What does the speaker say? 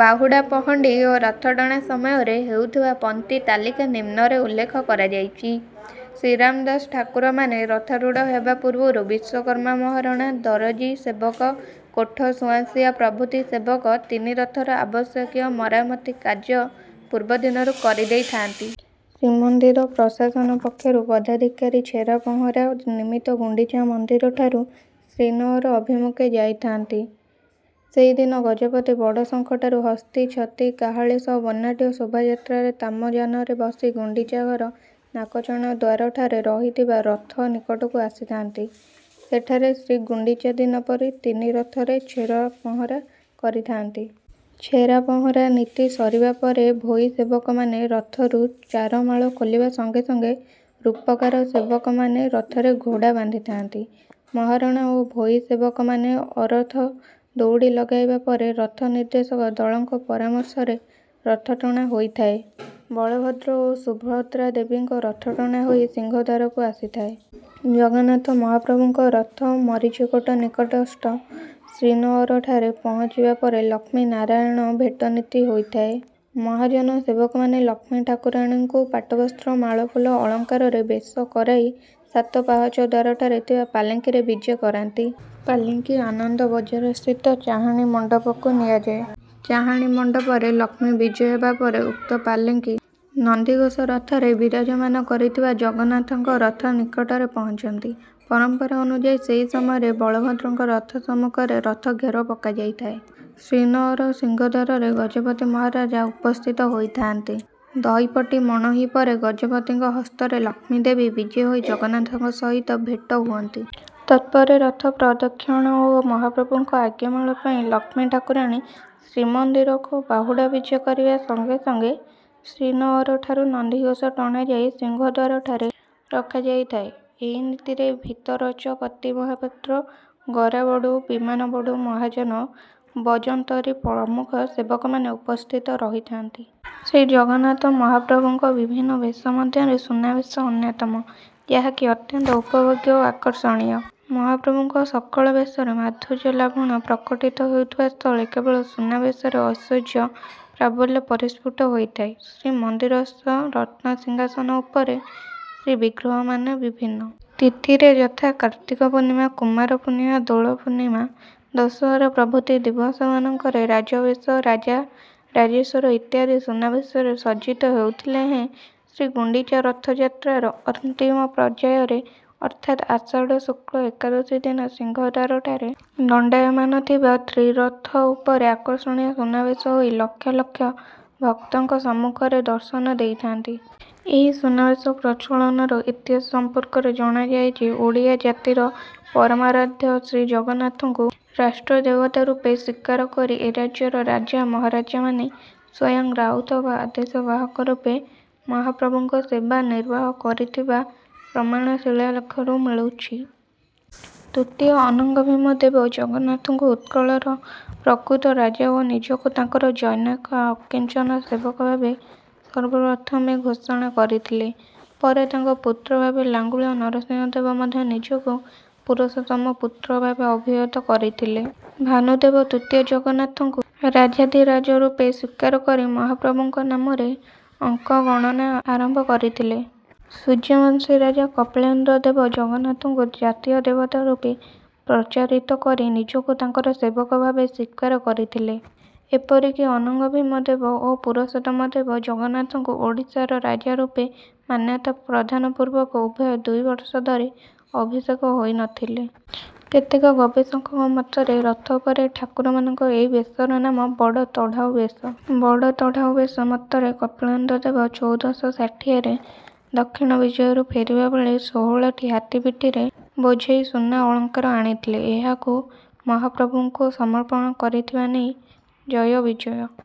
ବାହୁଡ଼ା ପହଣ୍ଡି ଓ ରଥଟଣା ସମୟରେ ହେଉଥିବା ପନ୍ତି ତାଲିକା ନିମ୍ନରେ ଉଲ୍ଲେଖ କରାଯାଇଛି। ଶ୍ରୀରାମ ଦାସ ଠାକୁରମାନେ ରଥାରୂଢ଼ ହେବା ପୂର୍ବରୁ ବିଶ୍ୱକର୍ମା ମହାରଣା, ଦରଜୀ ସେବକ, କୋଠ ସୁଆଁସିଆ ପ୍ରଭୃତି ସେବକ ତିନି ରଥର ଆବଶ୍ୟକୀୟ ମରାମତି କାର୍ଯ୍ୟ ପୂର୍ବଦିନରୁ କରି ଦେଇଥାନ୍ତି। ଶ୍ରୀମନ୍ଦିର ପ୍ରଶାସନ ପକ୍ଷରୁ ପଦାଧିକାରୀ ଛେରା ପହଁରା ନିମିତ୍ତ ଗୁଣ୍ଡିଚା ମନ୍ଦିରଠାରୁ ଶ୍ରୀନଅର ଅଭିମୁଖେ ଯାଇଥାନ୍ତି। ସେହି ଦିନ ଗଜପତି ବଡ଼ଶଙ୍ଖଠାରୁ ହସ୍ତୀ, ଛତି, କାହାଳୀ ସହ ବର୍ଣ୍ଣାଢ଼୍ୟ ଶୋଭାଯାତ୍ରାରେ ତାମଯାନରେ ବସି ଗୁଣ୍ଡିଚା ଘର ନାକଚଣା ଦ୍ୱାରଠାରେ ରହିଥିବା ରଥ ନିକଟକୁ ଆସିଥାନ୍ତି। ସେଠାରେ ଶ୍ରୀଗୁଣ୍ଡିଚା ଦିନ ପରି ତିନି ରଥରେ ଛେରା ପହଁରା କରିଥାନ୍ତି। ଛେରା ପହଁରା ନୀତି ସରିବା ପରେ ଭୋଇ ସେବକମାନେ ରଥରୁ ଚାରମାଳ ଖୋଲିବା ସଙ୍ଗେ ସଙ୍ଗେ ରୂପକାର ସେବକମାନେ ରଥରେ ଘୋଡ଼ା ବାନ୍ଧିଥାନ୍ତି। ମହାରଣା ଓ ଭୋଇ ସେବକମାନେ ଅରଥ ଦଉଡ଼ି ଲଗାଇବା ପରେ ରଥ ନିର୍ଦ୍ଦେଶକ ଦଳଙ୍କ ପରାମର୍ଶରେ ରଥଟଣା ହୋଇଥାଏ। ବଳଭଦ୍ର ଓ ସୁଭଦ୍ରା ଦେବୀଙ୍କ ରଥଟଣା ହୋଇ ସିଂହଦ୍ୱାରକୁ ଆସିଥାଏ। ଜଗନ୍ନାଥ ମହାପ୍ରଭୁଙ୍କ ରଥ ମରିଚିକୋଟ ନିକଟସ୍ଥ ଶ୍ରୀନଅରଠାରେ ପହଞ୍ଚିବା ପରେ ଲକ୍ଷ୍ମୀ ନାରାୟଣ ଭେଟ ନୀତି ହୋଇଥାଏ। ମହାଜନ ସେବକମାନେ ଲକ୍ଷ୍ମୀ ଠାକୁରାଣୀଙ୍କୁ ପାଟବସ୍ତ୍ର, ମାଳଫୁଲ, ଅଳଙ୍କାରରେ ବେଶ କରାଇ ସାତ ପାହଚ ଦ୍ୱାରଠାରେ ଥିବା ପାଲିଙ୍କିରେ ବିଜେ କରାନ୍ତି। ପାଲିଙ୍କି ଆନନ୍ଦବଜାରସ୍ଥିତ ଚାହାଣୀ ମଣ୍ଡପକୁ ନିଆଯାଏ। ଚାହାଣୀ ମଣ୍ଡପରେ ଲକ୍ଷ୍ମୀ ବିଜେ ହେବା ପରେ ଉକ୍ତ ପାଲିଙ୍କି ନନ୍ଦିଘୋଷ ରଥରେ ବିରାଜମାନ କରିଥିବା ଜଗନ୍ନାଥଙ୍କ ରଥ ନିକଟରେ ପହଞ୍ଚନ୍ତି। ପରମ୍ପରା ଅନୁଯାୟୀ ସେହି ସମୟରେ ବଳଭଦ୍ରଙ୍କ ରଥ ସମ୍ମୁଖରେ ରଥ ଘେର ପକାଯାଇଥାଏ। ଶ୍ରୀନଅର ସିଂହଦ୍ୱାରରେ ଗଜପତି ମହାରାଜା ଉପସ୍ଥିତ ହୋଇଥାନ୍ତି। ଦହିପଟି ମଣୋହି ପରେ ଗଜପତିଙ୍କ ହସ୍ତରେ ଲକ୍ଷ୍ମୀ ଦେବୀ ବିଜେ ହୋଇ ଜଗନ୍ନାଥଙ୍କ ସହିତ ଭେଟ ହୁଅନ୍ତି। ତତ୍ପରେ ରଥ ପ୍ରଦକ୍ଷିଣ ଓ ମହାପ୍ରଭୁଙ୍କ ଆଜ୍ଞାମାଳ ପାଇ ଲକ୍ଷ୍ମୀ ଠାକୁରାଣୀ ଶ୍ରୀମନ୍ଦିରକୁ ବାହୁଡ଼ା ବିଜେ କରିବା ସଙ୍ଗେ ସଙ୍ଗେ ଶ୍ରୀନଅର ଠାରୁ ନନ୍ଦିଘୋଷ ଟଣା ଯାଇ ସିଂହଦ୍ୱାରଠାରେ ରଖାଯାଇଥାଏ। ଏହି ନୀତିରେ ଭିତରଚ୍ଛ, ପତି ମହାପାତ୍ର, ଗରାବଡ଼ୁ, ବିମାନବଡ଼ୁ, ମହାଜନ, ବଜନ୍ତରୀ ପ୍ରମୁଖ ସେବକମାନେ ଉପସ୍ଥିତ ରହିଥାନ୍ତି। ଶ୍ରୀଜଗନ୍ନାଥ ମହାପ୍ରଭୁଙ୍କ ବିଭିନ୍ନ ବେଶ ମଧ୍ୟରେ ସୁନା ବେଶ ଅନ୍ୟତମ, ଯାହାକି ଅତ୍ୟନ୍ତ ଉପଭୋଗ୍ୟ ଓ ଆକର୍ଷଣୀୟ। ମହାପ୍ରଭୁଙ୍କ ସକଳ ବେଶରେ ମାଧୁର୍ଯ୍ୟ ଲାବଣ୍ୟ ପ୍ରକଟିତ ହେଉଥିବା ସ୍ଥଳେ, କେବଳ ସୁନା ବେଶରେ ଐଶ୍ୱର୍ଯ୍ୟ ପ୍ରାବଲ୍ୟ ପରିସ୍ଫୁଟ ହୋଇଥାଏ। ଶ୍ରୀମନ୍ଦିରସ୍ଥ ରତ୍ନସିଂହାସନ ଉପରେ ଶ୍ରୀବିଗ୍ରହମାନେ ବିଭିନ୍ନ ତିଥିରେ ଯଥା: କାର୍ତ୍ତିକ ପୂର୍ଣ୍ଣିମା, କୁମାର ପୂର୍ଣ୍ଣିମା, ଦୋଳ ପୂର୍ଣ୍ଣିମା, ଦଶହରା ପ୍ରଭୃତି ଦିବସମାନଙ୍କରେ ରାଜବେଶ, ରାଜା ରାଜେଶ୍ୱର ଇତ୍ୟାଦି ସୁନାବେଶରେ ସଜ୍ଜିତ ହେଉଥିଲେ ହେଁ ଶ୍ରୀଗୁଣ୍ଡିଚା ରଥଯାତ୍ରାର ଅନ୍ତିମ ପର୍ଯ୍ୟାୟରେ ଅର୍ଥାତ ଆଷାଢ଼ ଶୁକ୍ଲ ଏକାଦଶୀ ଦିନ ସିଂହଦ୍ୱାରଠାରେ ଦଣ୍ଡାୟମାନ ଥିବା ତ୍ରିରଥ ଉପରେ ଆକର୍ଷଣୀୟ ସୁନାବେଶ ହୋଇ ଲକ୍ଷ ଲକ୍ଷ ଭକ୍ତଙ୍କ ସମ୍ମୁଖରେ ଦର୍ଶନ ଦେଇଥାନ୍ତି। ଏହି ସୁନାବେଶ ପ୍ରଚଳନର ଇତିହାସ ସମ୍ପର୍କରେ ଜଣାଯାଏ ଯେ, ଓଡ଼ିଆ ଜାତିର ପରମାରାଧ୍ୟ ଶ୍ରୀଜଗନ୍ନାଥଙ୍କୁ ରାଷ୍ଟ୍ର ଦେବତା ରୂପେ ସ୍ୱୀକାର କରି ଏ ରାଜ୍ୟର ରାଜା ମହାରାଜାମାନେ ସ୍ୱୟଂ ରାଉତ ବା ଆଦେଶ ବାହକ ରୂପେ ମହାପ୍ରଭୁଙ୍କ ସେବା ନିର୍ବାହ କରିଥିବା ପ୍ରମାଣ ଶିଳାଲେଖରୁ ମିଳୁଅଛି। ତୃତୀୟ ଅନଙ୍ଗଭୀମ ଦେବ ଜଗନ୍ନାଥଙ୍କୁ ଉତ୍କଳର ପ୍ରକୃତ ରାଜା ଓ ନିଜକୁ ତାଙ୍କର ଜନୈକ ଅକିଞ୍ଚନ ସେବକ ଭାବେ ସର୍ବପ୍ରଥମେ ଘୋଷଣା କରିଥିଲେ। ପରେ ତାଙ୍କ ପୁତ୍ର ଭାବେ ଲାଙ୍ଗୁଳା ନରସିଂହ ଦେବ ମଧ୍ୟ ନିଜକୁ ପୁରୁଷୋତ୍ତମ ପୁତ୍ର ଭାବେ ଅଭିହିତ କରିଥିଲେ। ଭାନୁଦେବ ତୃତୀୟ ଜଗନ୍ନାଥଙ୍କୁ ରାଜାଧିରାଜ ରୂପେ ସ୍ୱୀକାର କରି ମହାପ୍ରଭୁଙ୍କ ନାମରେ ଅଙ୍କ ଗଣନା ଆରମ୍ଭ କରିଥିଲେ। ସୂର୍ଯ୍ୟବଂଶୀ ରାଜା କପିଳେନ୍ଦ୍ର ଦେବ ଜଗନ୍ନାଥଙ୍କୁ ଜାତୀୟ ଦେବତା ରୂପେ ପ୍ରଚାରିତ କରି ନିଜକୁ ତାଙ୍କର ସେବକ ଭାବେ ସ୍ୱୀକାର କରିଥିଲେ। ଏପରିକି ଅନଙ୍ଗଭୀମ ଦେବ ଓ ପୁରୁଷୋତ୍ତମ ଦେବ ଜଗନ୍ନାଥଙ୍କୁ ଓଡ଼ିଶାର ରାଜା ରୂପେ ମାନ୍ୟତା ପ୍ରଦାନ ପୂର୍ବକ ଉଭୟ ଦୁଇ ବର୍ଷ ଧରି ଅଭିଷେକ ହୋଇନଥିଲେ। କେତେକ ଗବେଷକଙ୍କ ମତରେ ରଥ ଉପରେ ଠାକୁରମାନଙ୍କ ଏହି ବେଶର ନାମ ବଡ଼ ତଢ଼ାଉ ବେଶ। ବଡ଼ତଢ଼ାଉ ବେଶ ମତରେ କପିଳେନ୍ଦ୍ର ଦେବ ଚଉଦ ଶହ ଷାଠିଏ ରେ ଦକ୍ଷିଣ ବିଜୟରୁ ଫେରିବା ବେଳେ ଷୋହଳ ଟି ହାତୀ ପିଠିରେ ବୋଝେଇ ସୁନା ଅଳଙ୍କାର ଆଣିଥିଲେ, ଏହାକୁ ମହାପ୍ରଭୁଙ୍କୁ ସମର୍ପଣ କରିଥିବା ନେଇ ଜୟବିଜୟ